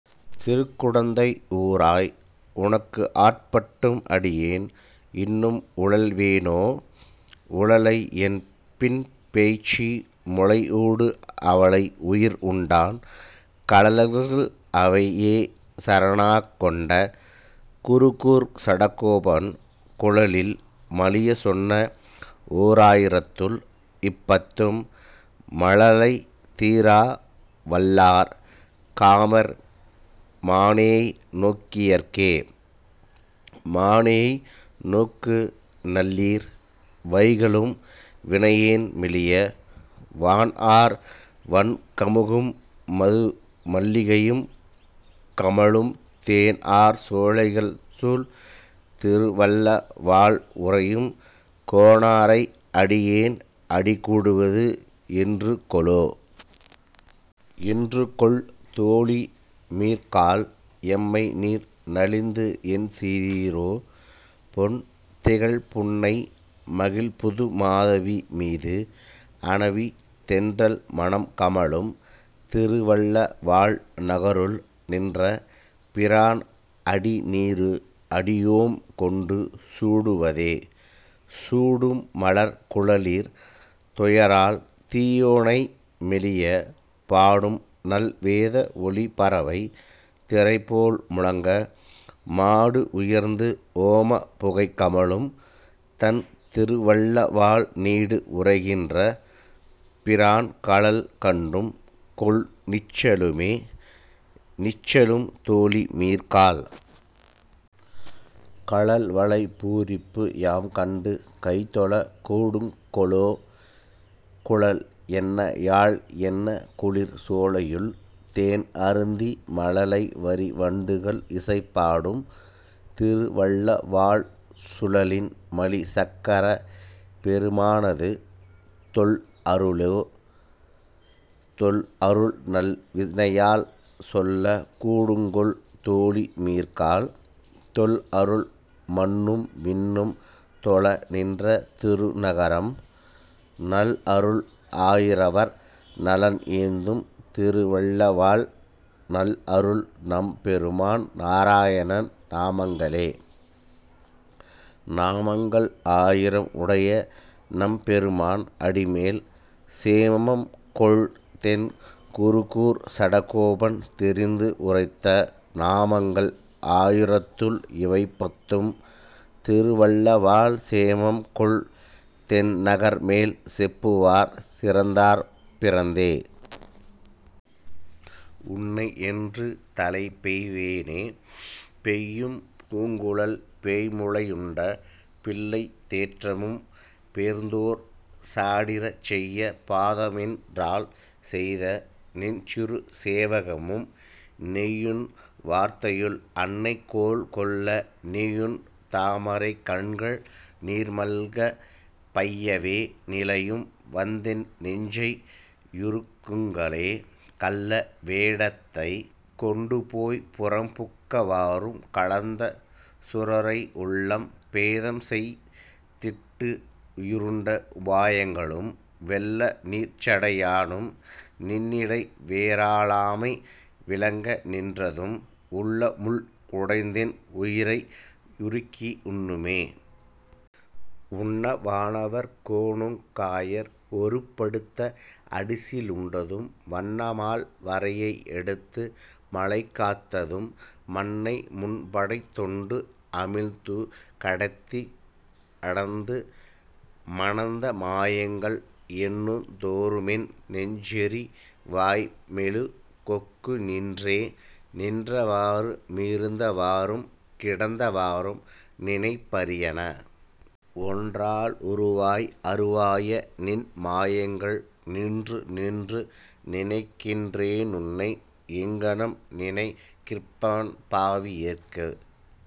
திருக்குடந்தை ஊராய். உனக்காட்பட்டும் அடியேன் இன்னம் உழல்வேனோ? உழலை யென்பின் பேய்ச்சி முலையூடு அவளை யுயிருண்டான், கழல்கள் அவையே சரணாக் கொண்ட குருகூர்ச் சடகோபன், குழலில் மலியச் சொன்ன ஓராயிரத்துள் இப்பத்தும் மழலை தீர வல்லார் காமர் மானேய் நோக்கியர்க்கே. மானேய் நோக்குநல்லீர். வைகலும்வினை யேன்மெலிய, வானார் வண்கமுகும் மதுமல்லிகை யுங்கமழும், தேனார் சோலைகள்சூழ் திருவல்ல வாழுறையும் கோனா ரை, அடியேண் அடிகூடுவ தென்றுகொலோ?. என்றுகொல் தோழிமீர்காளெம்மைநீர்நலிந் தென்செய்தீரோ? பொன்திகழ் புன்னைமகிழ் புதுமாதவி மீதணவி, தென்றல் மணங்கமழும் திருவல்ல வாழ்நகருள் நின்றபி ரான், அடிநீ றடியோங்கொண்டு சூடுவதே?. சூடும் மலர்க்குழலீர். துயராட்டியே னைமெலிய, பாடுநல் வேதவொலி பரவைத்திரை போல்முழங்க, மாடுயர்ந் தோமப்புகை கமழும்தண் திருவல்லவாழ் நீடுறை கின்றபிரான் கழல்கண்டுங்கொல் நிச்சலுமே?. நிச்சலும் தோழிமீர்காள். கழல்வளை பூரிப்புயாம் கண்டுகைதொழக் கூடுங்கொலோ, குழலென்ன யாழுமென்னக் குளிர்சோலையுள் தேனருந்தி, மழலை வரிவண்டுகள் இசைபாடும் திருவல்லவாழ், சுழலின் மலிசக்கரப் பெருமானது தொல்லருளே?. தொல்லருள் நல்வினையால் சொல்லக்கூடுங்கொல் தோழிமீர்காள், தொல்லருள் மண்ணும்விண்ணும் தொழநின்ற திருநகரம், நல்லரு ளாயிரவர் நலனேந்தும் திருவல்லவாழ், நல்லருள் நம்பெருமான் நாராயணன் நாமங்களே? நாமங்க ளாயிர முடையநம்பெரு மானடிமேல், சேமங்கொள் தென்குருகூர்ச்சடகோபன் தெரிந்துரைத்த, நாமங்க ளாயிரத்துள் இவைபத்தும் திருவல்லவாழ், சேமங்கொள் தென்னகர்மேல் செப்புவார்சிறந் தார்பிறந்தே. உன்னை யென்று தலைப் பெய்வனே?. பெய்யும் பூங்குழல் பேய்முலை யுண்ட பிள்ளைத் தேற்றமும், பேர்ந்தோர் சாடிறச் செய்ய பாதமொன் றால்செய்த நின்சிறுச் சேவகமும், நெய்யுண் வார்த்தையுள், அன்னை கோல்கொள்ள நீயுன் தாமரைக் கண்கள் நீர்மல்க, பையவே நிலையும் வந்தென் னெஞ்சை யுருக்குங்களே.. கள்ள வேடத்தைக் கொண்டுபோய்ப் புறம்புக்க வாறும், கலந்தசுரரை உள்ளம் பேதம்செய் திட்டுயி ருண்ட உபாயங்களும், வெள்ள நீர்ச்சடை யானும் நின்னிடை வேறலாமை விளங்க நின்றதும், உள்ளமுள் குடைந்தென் உயிரை யுருக்கி யுண்ணுமே.. உண்ண வானவர் கோனுக் காயர் ஒருப்ப டுத்த அடிசி லுண்டதும், வண்ணமால் வரையை யெடுத்து மழைகாத்ததும், மண்ணை முன்படைத் துண்டு அமிழ்ந்துக டந்தி டந்து மணந்த மாயங்கள், எண்ணுந் தோறுமென் னெஞ்செரி வாய் மெழு கொக்குநின்றே.. நின்ற வாறு மிருந்த வாறும் கிடந்த வாறும் நினைப்பரியன ஒன்றலா வுருவாய் அருவாயநின் மாயங்கள், நின்று நின்று நினைக்கின் றேனுன்னை எங்ங னம்நினை கிற்பன், பாவியேற்கு